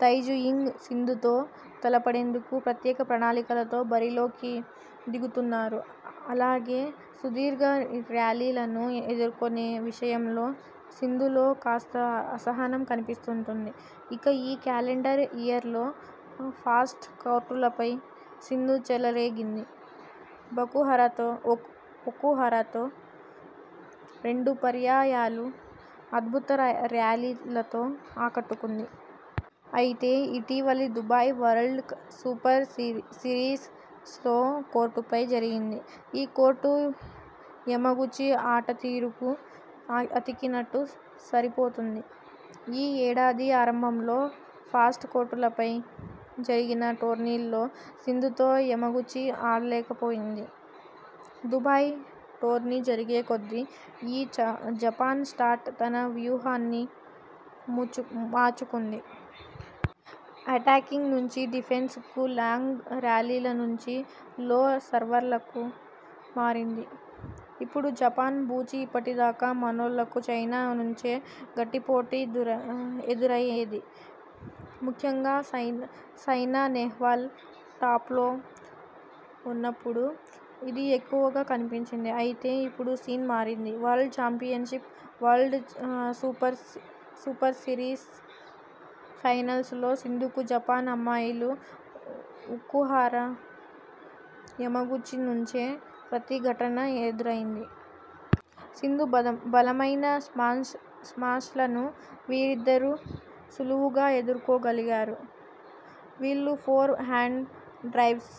తై Tzu Ying.. సింధుతో తలపడేందుకు ప్రత్యేక ప్రణాళికలతో బరిలో కి దిగుతున్నారు. అలాగే సుదీర్ఘ ర్యాలీలను ఎదుర్కొనే విషయంలో సింధులో కాస్త అసహనం కనిపిస్తుంటుంది. ఇక ఈ క్యాలెండర్ ఇయర్లో ఫాస్ట్ కోర్టులపై సింధు చెలరేగింది. బహుహరతో ఒకుహరతో రెండు పర్యాయాలు అద్భుత ర్యాలీలతో ఆకట్టుకుంది. అయితే ఇటీవలి Dubai world super series slow కోర్టుపై జరిగింది. ఈ కోర్టు యమగుచి ఆటతీరుకు అతికినట్టు సరిపోతుంది. ఈ ఏడాది ఆరంభంలో ఫాస్ట్ కోర్టులపై జరిగిన టోర్నీల్లో సింధుతో యమగుచి ఆడలేకపోయింది. దుబాయ్ టోర్నీ జరిగేకొద్దీ ఈ జపాన్ స్టార్ తన వ్యూహాన్ని మూర్చు మార్చుకుంది. అటాకింగ్ నుంచి డిఫెన్స్కు.. లాంగ్ ర్యాలీల నుంచి లో సర్వ్లకు మారింది. ఇప్పుడు జపాన్ బూచి ఇప్పటిదాకా మనోళ్లకు చైనా నుంచే గట్టిపోటీ ఎదురయ్యేది. ముఖ్యంగా సైనా నెహ్వాల్ టాప్లో ఉన్నప్పుడు ఇది ఎక్కువగా కనిపించింది. అయితే ఇప్పుడు సీన్ మారింది. World championship, world super series finals లో సింధుకు జపాన్ అమ్మాయిలు ఒకుహ రా, యమగుచి నుంచే ప్రతి ఘటన ఎదురైంది. సింధు బలమైన స్మాష్ల ను వీరిద్దరు సులువుగా ఎదుర్కో గలిగారు. వీళ్లు ఫోర్ హ్యాండ్ డ్రైవ్స్,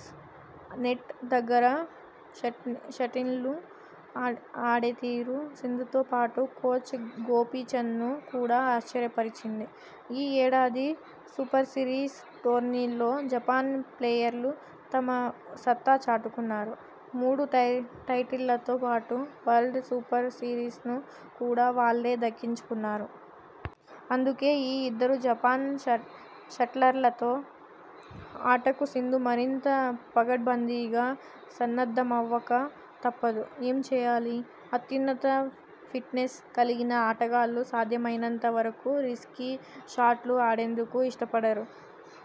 నెట్ దగ్గర షటిల్ను ఆడేతీరు సింధుతో పాటు కోచ్ గోపీచంద్ను కూడా ఆశ్చర్యపరిచింది. ఈ ఏడాది సూపర్సిరీస్ టోర్నీల్లో జపాన్ ప్లేయర్లు తమ సత్తా చాటుకున్నారు. మూడు టై టైటిళ్లతో పాటు వరల్డ్ సూపర్ సిరీస్ను కూడా వాళ్లే దక్కించుకున్నారు. అందుకే ఈ ఇద్దరు జపాన్ షట్లర్లతో ఆటకు సింధు మరింత పకడ్బందీగా సన్నద్ధమవ్వక తప్పదు. ఏం చేయాలి? అత్యున్నత ఫిట్నెస్ కలిగిన ఆటగాళ్లు సాధ్యమైనంత వరకు రిస్కీ షాట్లు ఆడేందుకు ఇష్టపడరు.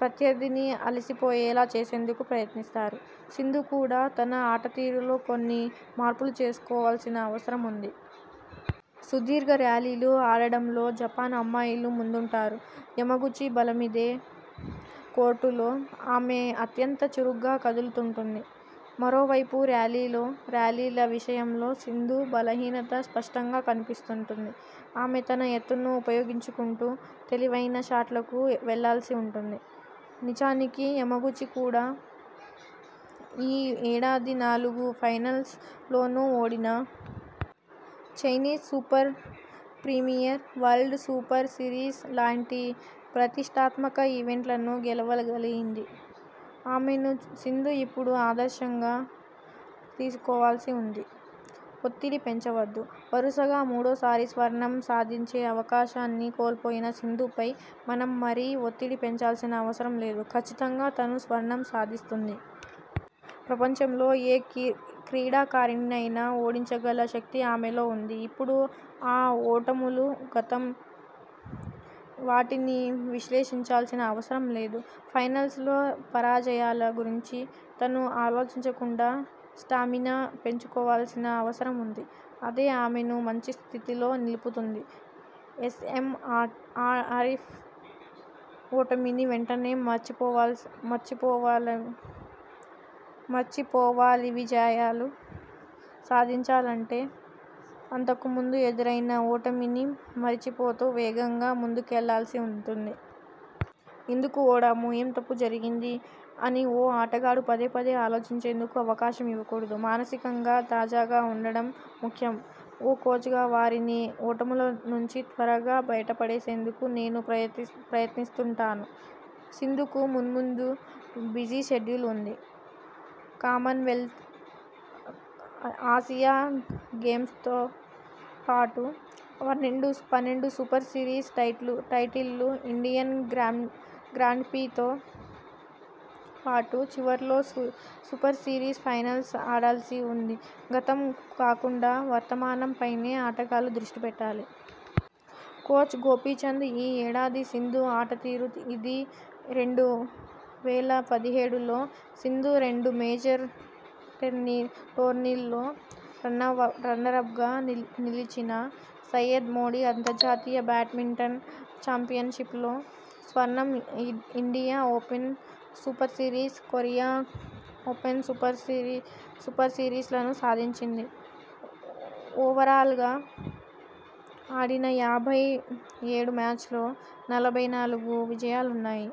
ప్రత్యర్థిని అలసిపోయేలా చేసేందుకు ప్రయత్నిస్తారు. సింధు కూడా తన ఆటతీరులో కొన్ని మార్పులు చేసుకోవాల్సిన అవసరముంది. సుదీర్ఘ ర్యాలీలు ఆడడంలో జపాన్ అమ్మాయిలు ముందుంటారు. యమగుచి బలమిదే.. కోర్టులో ఆమె అత్యంత చురుగ్గా కదులుతుంటుంది. మరోవైపు ర్యాలీల విషయంలో సింధు బలహీనత స్పష్టంగా కనిపిస్తుంటుంది. ఆమె తన ఎత్తును ఉపయోగించుకుంటూ తెలివైన షాట్లకు వెళ్లల్సి ఉంటుంది. నిజానికి యమగుచి కూడా ఈ ఏడాది నాలుగు ఫైనల్స్ లోనూ ఓడినా.. Chinese super premier, world super series లాంటి ప్రతిష్ఠాత్మక ఈవెంట్లను గెలవగలిగింది. ఆమెను సింధు ఇప్పుడు ఆదర్శంగా తీసుకోవాల్సి ఉంది. ఒత్తిడి పెంచవద్దు. వరుసగా మూడోసారి స్వర్ణం సాధించే అవకాశాన్ని కోల్పోయిన సింధుపై మనం మరీ ఒత్తిడి పెంచాల్సిన అవసరం లేదు. కచ్చితంగా తను స్వర్ణం సాధిస్తుంది. ప్రపంచంలో ఏ క్రీడాకారిణినైనా ఓడించగల శక్తి ఆమెలో ఉంది. ఇప్పుడు ఆ ఓటములు గతం. వాటిని విశ్లేషించాల్సిన అవసరం లేదు. ఫైనల్స్లో పరాజయాల గురించి తను ఆలోచించకుండా స్టామినా పెంచుకోవాల్సిన అవసరం ఉంది. అదే ఆమెను మంచి స్థితిలో నిలుపుతుంది. ఎస్ఎం ఆరిఫ్ ఓటమిని వెంటనే మర్చిపోవాలివిజయాలు సాధించాలంటే అంతకు ముందు ఎదురైన ఓటమిని మరిచిపోతూ వేగంగా ముందుకెళ్లాల్సి ఉంటుంది. ఎందుకు ఓడాము.. ఏం తప్పు జరిగింది? అని ఓ ఆటగాడు పదేపదే ఆలోచించేందుకు అవకాశం ఇవ్వకూడదు. మానసికంగా తాజాగా ఉండడం ముఖ్యం. ఓ కోచ్గా వారిని ఓటముల నుంచి త్వరగా బయటపడేసేందుకు నేను ప్రయత్నిస్తుంటాను. సింధుకు మున్ముందు బిజీ షెడ్యూల్ ఉంది. కామన్వెల్త్, ఆసియా గేమ్స్తో పాటు పన్నెండు సూపర్ సిరీస్ టైటిళ్లు, ఇండియన్ గ్రాండ్ప్రీతో పాటు చివర్లో సూపర్ సిరీస్ ఫైనల్స్ ఆడాల్సి ఉంది గతం కాకుండా వర్తమానం పైనే ఆటగాళ్లు దృష్టి పెట్టాలి. కోచ్ గోపీచంద్ ఈ ఏడాది సింధు ఆటతీరు ఇదీ.. రెండు వేల పదిహేడులో సింధు రెండు మేజర్ టోర్నీల్లో రన్నరప్గా నిలిచినా సయ్యద్ మోడీ అంతర్జాతీయ బ్యాడ్మింటన్ చాంపియన్పిప్లో స్వర్ణం India open super series, Korea open super సిరీస్లను సాధించింది ఓవరాల్గా ఆడిన యాభై ఏడు మ్యాచ్ల్లో నలభై నాలుగు విజయాలున్నాయి.